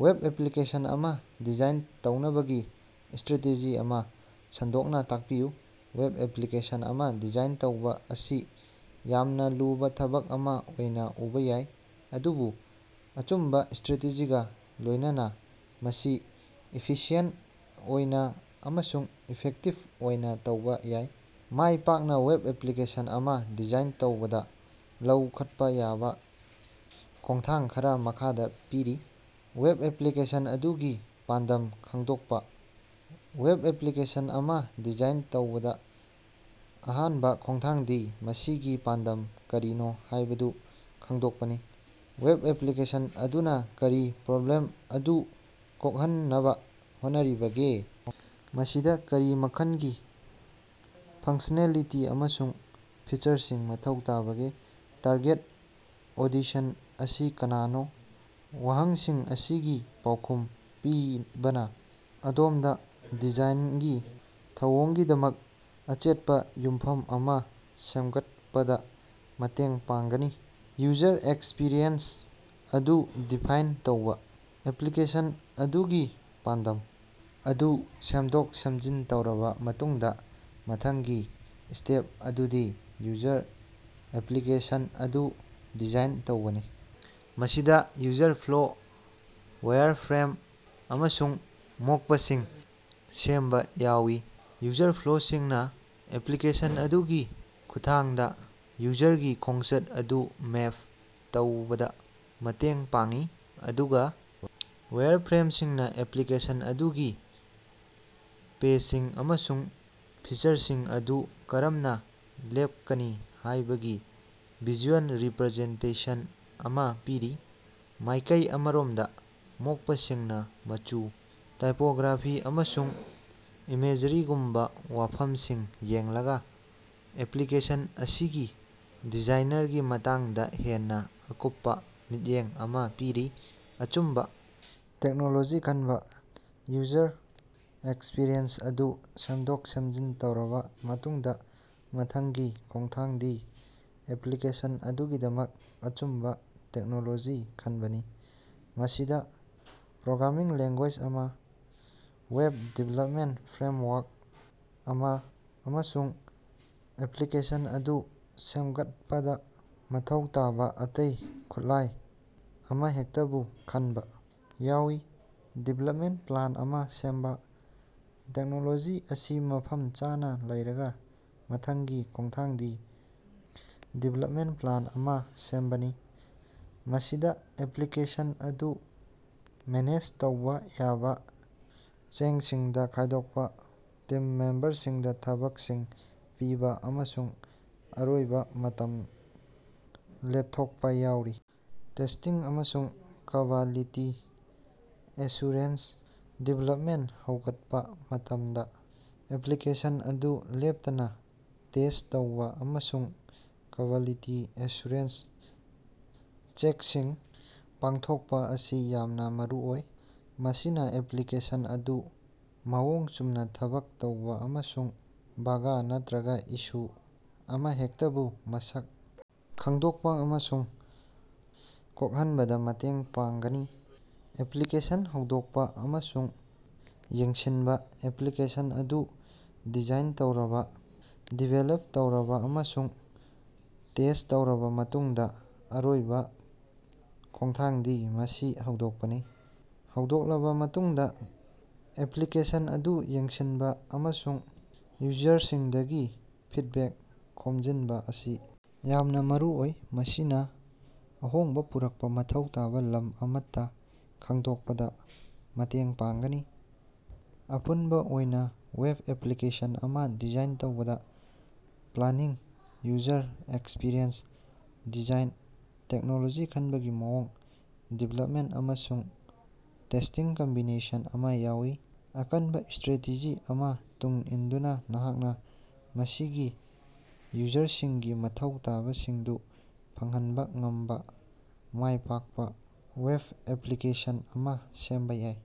Web application ꯑꯃ design ꯇꯧꯅꯕꯒꯤ strategy ꯑꯃ ꯁꯟꯗꯣꯛꯅ ꯇꯥꯛꯄꯤꯌꯨ꯫ ꯋꯦꯕ ꯑꯦꯄꯂꯤꯀꯦꯁꯟ ꯑꯃ ꯗꯤꯖꯥꯏꯟ ꯇꯧꯕ ꯑꯁꯤ ꯌꯥꯝꯅ ꯂꯨꯕ ꯊꯕꯛ ꯑꯃ ꯑꯣꯏꯅ ꯎꯕ ꯌꯥꯏ, ꯑꯗꯨꯕꯨ ꯑꯆꯨꯝꯕ ꯁ꯭ꯇꯔꯥꯇꯦꯖꯤꯒ ꯂꯣꯏꯅꯅ ꯃꯁꯤ ꯏꯐꯤꯁꯤꯑꯦꯟꯇ ꯑꯣꯏꯅ ꯑꯃꯁꯨꯡ ꯏꯐꯦꯛꯇꯤꯕ ꯑꯣꯏꯅ ꯇꯧꯕ ꯌꯥꯏ꯫ ꯃꯥꯏꯄꯥꯛꯅ ꯋꯦꯕ ꯑꯦꯂꯤꯀꯦꯁꯟ ꯑꯃ ꯗꯤꯖꯥꯏꯟ ꯇꯧꯕꯗ ꯂꯧꯈꯠꯄ ꯌꯥꯕ ꯈꯣꯡꯊꯥꯡ ꯈꯔꯥ ꯃꯈꯥꯗꯥ ꯄꯤꯔꯤ: ꯋꯦꯕ ꯑꯦꯄꯂꯤꯀꯦꯁꯟ ꯑꯗꯨꯒꯤ ꯄꯥꯟꯗꯝ ꯈꯪꯗꯣꯛꯄ: ꯋꯦꯕ ꯑꯦꯄꯂꯤꯀꯦꯁꯟ ꯑꯃ ꯗꯤꯖꯥꯏꯟ ꯇꯧꯕꯗ ꯑꯍꯥꯟꯕ ꯈꯣꯡꯊꯥꯡꯗꯤ ꯃꯁꯤꯒꯤ ꯄꯥꯟꯗꯝ ꯀꯔꯤꯅꯣ ꯍꯥꯏꯕꯗꯨ ꯈꯪꯗꯣꯛꯄꯅꯤ꯫ ꯋꯦꯕ ꯑꯦꯄꯂꯤꯀꯦꯁꯟ ꯑꯗꯨꯅ ꯀꯔꯤ ꯄ꯭ꯔꯣꯕ꯭ꯂꯦꯝ ꯑꯗꯨ ꯀꯣꯛꯍꯟꯅꯕ ꯍꯣꯠꯅꯔꯤꯕꯒꯦ? ꯃꯁꯤꯗ ꯀꯔꯤ ꯃꯈꯜꯒꯤ ꯐꯪꯁꯅꯦꯂꯤꯇꯤ ꯑꯃꯁꯨꯡ ꯐꯤꯆꯔꯁꯤꯡ ꯃꯊꯧ ꯇꯥꯕꯒꯦ? ꯇꯥꯔꯒꯦꯠ ꯑꯣꯗꯤꯁꯟ ꯑꯁꯤ ꯀꯅꯥꯅꯣ? ꯋꯥꯍꯪꯁꯤꯡ ꯑꯁꯤꯒꯤ ꯄꯥꯎꯈꯨꯝ ꯄꯤꯕꯅ ꯑꯗꯣꯝꯗ ꯗꯤꯖꯥꯏꯟꯒꯤ ꯊꯧꯑꯣꯡꯒꯤꯗꯃꯛ ꯑꯆꯦꯠꯄ ꯌꯨꯝꯐꯝ ꯑꯃ ꯁꯦꯝꯒꯠꯄꯗ ꯃꯇꯦꯡ ꯄꯥꯡꯒꯅꯤ꯫ ꯌꯨꯖꯔ ꯑꯦꯛꯁꯄꯤꯔꯤꯑꯦꯟꯁ ꯑꯗꯨ ꯗꯤꯐꯥꯏꯟ ꯇꯧꯕ: ꯑꯦꯄꯂꯤꯀꯦꯁꯟ ꯑꯗꯨꯒꯤ ꯄꯥꯟꯗꯝ ꯑꯗꯨ ꯁꯦꯝꯗꯣꯛ-ꯁꯦꯝꯖꯤꯟ ꯇꯧꯔꯕ ꯃꯇꯨꯡꯗ ꯃꯊꯪꯒꯤ ꯁ꯭ꯇꯦꯞ ꯑꯗꯨꯗꯤ ꯌꯨꯖꯔ ꯑꯦꯄꯂꯤꯀꯦꯁꯟ ꯑꯗꯨ ꯗꯤꯖꯥꯏꯟ ꯇꯧꯕꯅꯤ꯫ ꯃꯁꯤꯗ ꯌꯨꯖꯔ ꯐ꯭ꯂꯣ, ꯋꯥꯏꯔꯐ꯭ꯔꯦꯝ, ꯑꯃꯁꯨꯡ ꯃꯣꯛꯄꯁꯤꯡ ꯁꯦꯝꯕ ꯌꯥꯎꯏ꯫ ꯌꯨꯖꯔ ꯐ꯭ꯂꯣꯁꯤꯡꯅ ꯑꯦꯄꯂꯤꯀꯦꯁꯟ ꯑꯗꯨꯒꯤ ꯈꯨꯠꯊꯥꯡꯗ ꯌꯨꯖꯔꯒꯤ ꯈꯣꯡꯆꯠ ꯑꯗꯨ ꯃꯦꯞ ꯇꯧꯕꯗ ꯃꯇꯦꯡ ꯄꯥꯡꯏ, ꯑꯗꯨꯒ ꯋꯥꯏꯔꯐ꯭ꯔꯦꯝꯁꯤꯡꯅ ꯑꯦꯄꯂꯤꯀꯦꯁꯟ ꯑꯗꯨꯒꯤ ꯄꯦꯖꯁꯤꯡ ꯑꯃꯁꯨꯡ ꯐꯤꯆꯔꯁꯤꯡ ꯑꯗꯨ ꯀꯔꯝꯅ ꯂꯦꯞꯀꯅꯤ ꯍꯥꯏꯕꯒꯤ ꯚꯤꯖꯨꯑꯦꯜ ꯔꯤꯄꯔꯖꯦꯟꯇꯦꯁꯟ ꯑꯃ ꯄꯤꯔꯤ꯫ ꯃꯥꯏꯀꯩ ꯑꯃꯔꯣꯝꯗ ꯃꯣꯛꯄꯁꯤꯡꯅ ꯃꯆꯨ, ꯇꯥꯏꯄꯒ꯭ꯔꯥꯐꯤ, ꯑꯃꯁꯨꯡ ꯏꯃꯦꯖꯔꯤꯒꯨꯝꯕ ꯋꯥꯐꯝꯁꯤꯡ ꯌꯦꯡꯂꯒ ꯑꯦꯄꯂꯤꯀꯦꯁꯟ ꯑꯁꯤꯒꯤ ꯗꯤꯖꯥꯏꯅꯒꯤ ꯃꯇꯥꯡꯗ ꯍꯦꯟꯅ ꯑꯀꯨꯞꯄ ꯃꯤꯠꯌꯦꯡ ꯑꯃ ꯄꯤꯔꯤ꯫ ꯑꯆꯨꯝꯕ ꯇꯦꯛꯅꯣꯂꯣꯖꯤ ꯈꯟꯕ: ꯌꯨꯖꯔ ꯑꯦꯛꯁꯄꯤꯔꯤꯑꯦꯟꯁ ꯑꯗꯨ ꯁꯦꯝꯗꯣꯛ-ꯁꯦꯝꯖꯤꯟ ꯇꯧꯔꯕ ꯃꯇꯨꯡꯗ ꯃꯊꯪꯒꯤ ꯈꯣꯡꯊꯥꯡꯗꯤ ꯑꯦꯄꯂꯤꯀꯦꯁꯟ ꯑꯗꯨꯒꯤꯗꯃꯛ ꯑꯆꯨꯝꯕ ꯇꯦꯛꯅꯣꯂꯣꯖꯤ ꯈꯟꯕꯅꯤ꯫ ꯃꯁꯤꯗ ꯄ꯭ꯔꯣꯒ꯭ꯔꯥꯃꯤꯡ ꯂꯦꯡꯒꯨꯌꯦꯖ ꯑꯃ, ꯋꯦꯕ ꯗꯤꯚꯦꯂꯄꯃꯦꯟꯇ ꯐ꯭ꯔꯦꯝꯋꯥꯔꯛ ꯑꯃ, ꯑꯃꯁꯨꯡ ꯑꯦꯄꯂꯤꯀꯦꯁꯟ ꯑꯗꯨ ꯁꯦꯝꯒꯠꯄꯗ ꯃꯊꯧ ꯇꯥꯕꯥ ꯑꯇꯩ ꯈꯨꯠꯂꯥꯏ ꯑꯃꯍꯦꯛꯇꯕꯨ ꯈꯟꯕ ꯌꯥꯎꯏ꯫ ꯗꯤꯕꯦꯂꯄꯃꯦꯟꯇ ꯄ꯭ꯂꯥꯟ ꯑꯃ ꯁꯦꯝꯕ: ꯇꯦꯛꯅꯣꯂꯣꯖꯤ ꯑꯁꯤ ꯃꯐꯝ ꯆꯥꯅ ꯂꯩꯔꯒ ꯃꯊꯪꯒꯤ ꯈꯣꯡꯊꯥꯡꯗꯤ ꯗꯤꯕꯦꯂꯄꯃꯦꯟꯇ ꯄ꯭ꯂꯥꯟ ꯑꯃ ꯁꯦꯝꯕꯅꯤ꯫ ꯃꯁꯤꯗ ꯑꯦꯄꯂꯤꯀꯦꯁꯟ ꯑꯗꯨ ꯃꯦꯅꯦꯖ ꯇꯧꯕ ꯌꯥꯕ ꯆꯦꯡꯁꯤꯡꯗ ꯈꯥꯏꯗꯣꯛꯄ, ꯇꯤꯝ ꯃꯦꯝꯕꯔꯁꯤꯡꯗ ꯊꯕꯛꯁꯤꯡ ꯄꯤꯕ ꯑꯃꯁꯨꯡ ꯑꯔꯣꯏꯕ ꯃꯇꯝ ꯂꯦꯞꯊꯣꯛꯄ ꯌꯥꯎꯔꯤ꯫ ꯇꯦꯁ꯭ꯇꯤꯡ ꯑꯃꯁꯨꯡ ꯀ꯭ꯕꯥꯂꯤꯇꯤ ꯑꯦꯁꯨꯔꯦꯟꯁ: ꯗꯤꯕꯦꯂꯄꯃꯦꯟꯇ ꯍꯧꯔꯛꯄ ꯃꯇꯝꯗ ꯑꯦꯄꯂꯤꯀꯦꯁꯟ ꯑꯗꯨ ꯂꯦꯞꯇꯅ ꯇꯦꯁ꯭ꯠ ꯇꯧꯕ ꯑꯃꯁꯨꯡ ꯀ꯭ꯕꯥꯂꯤꯇꯤ ꯑꯦꯁꯨꯔꯦꯟꯁ ꯆꯦꯛꯁꯤꯡ ꯄꯥꯡꯊꯣꯛꯄ ꯑꯁꯤ ꯌꯥꯝꯅ ꯃꯔꯨꯑꯣꯏ꯫ ꯃꯁꯤꯅ ꯑꯦꯄꯂꯤꯀꯦꯁꯟ ꯑꯗꯨ ꯃꯑꯣꯡ ꯆꯨꯝꯅ ꯊꯕꯛ ꯇꯧꯕ ꯑꯃꯁꯨꯡ ꯕꯥꯒ ꯅꯠꯇꯔꯒ ꯏꯁꯨ ꯑꯃꯍꯦꯛꯇꯕꯨ ꯃꯁꯛ ꯈꯪꯗꯣꯛꯄ ꯑꯃꯁꯨꯡ ꯀꯣꯛꯍꯟꯕꯗ ꯃꯇꯦꯡ ꯄꯥꯡꯒꯅꯤ꯫ ꯑꯦꯄꯂꯤꯀꯦꯁꯟ ꯍꯧꯗꯣꯛꯄ ꯑꯃꯁꯨꯡ ꯌꯦꯡꯁꯤꯟꯕ: ꯑꯦꯄꯂꯤꯀꯦꯁꯟ ꯑꯗꯨ ꯗꯤꯖꯥꯏꯟ ꯇꯧꯔꯕ, ꯗꯤꯕꯦꯂꯞ ꯇꯧꯔꯕ ꯑꯃꯁꯨꯡ ꯇꯦꯁ꯭ꯠ ꯇꯧꯔꯕ ꯃꯇꯨꯡꯗ ꯑꯔꯣꯏꯕ ꯈꯣꯡꯊꯥꯡꯗꯤ ꯃꯁꯤ ꯍꯧꯗꯣꯛꯄꯅꯤ꯫ ꯍꯧꯗꯣꯛꯂꯕ ꯃꯇꯨꯡꯗ ꯑꯦꯄꯂꯤꯀꯦꯁꯟ ꯑꯗꯨ ꯌꯦꯡꯁꯤꯟꯕ ꯑꯃꯁꯨꯡ ꯌꯨꯖꯔꯁꯤꯡꯗꯒꯤ ꯐꯤꯗꯕꯦꯛ ꯈꯣꯝꯖꯤꯟꯕ ꯑꯁꯤ ꯌꯥꯝꯅ ꯃꯔꯨꯑꯣꯏ꯫ ꯃꯁꯤꯅ ꯑꯍꯣꯡꯕ ꯄꯨꯔꯛꯄ ꯃꯊꯧ ꯇꯥꯕ ꯂꯝ ꯑꯃꯠꯇ ꯈꯪꯗꯣꯛꯄꯗ ꯃꯇꯦꯡ ꯄꯥꯡꯒꯅꯤ꯫ ꯑꯄꯨꯟꯕ ꯑꯣꯏꯅ ꯋꯦꯕ ꯑꯦꯄꯂꯤꯀꯦꯁꯟ ꯑꯃ ꯗꯤꯖꯥꯏꯟ ꯇꯧꯕꯗꯥ planning, user experience design, technology ꯈꯟꯕꯒꯤ ꯃꯑꯣꯡ, ꯗꯤꯕꯦꯂꯄꯃꯦꯟꯇ, ꯑꯃꯁꯨꯡ ꯇꯦꯁ꯭ꯇꯤꯡꯒꯤ ꯀꯝꯕꯤꯅꯦꯁꯟ ꯑꯃ ꯌꯥꯎꯏ꯫ ꯑꯀꯟꯕꯥ ꯁ꯭ꯇꯔꯥꯇꯦꯖꯤ ꯑꯃ ꯇꯨꯡ ꯏꯟꯗꯨꯅ, ꯅꯍꯥꯛꯅ ꯃꯁꯤꯒꯤ ꯌꯨꯖꯔꯁꯤꯡꯒꯤ ꯃꯊꯧ ꯇꯥꯕꯁꯤꯡꯗꯨ ꯐꯪꯍꯟꯕ ꯉꯝꯕ ꯃꯥꯏꯄꯥꯛꯄ ꯋꯦꯕ ꯑꯦꯄꯂꯤꯀꯦꯁꯟ ꯑꯃ ꯁꯦꯝꯕ ꯌꯥꯏ꯫।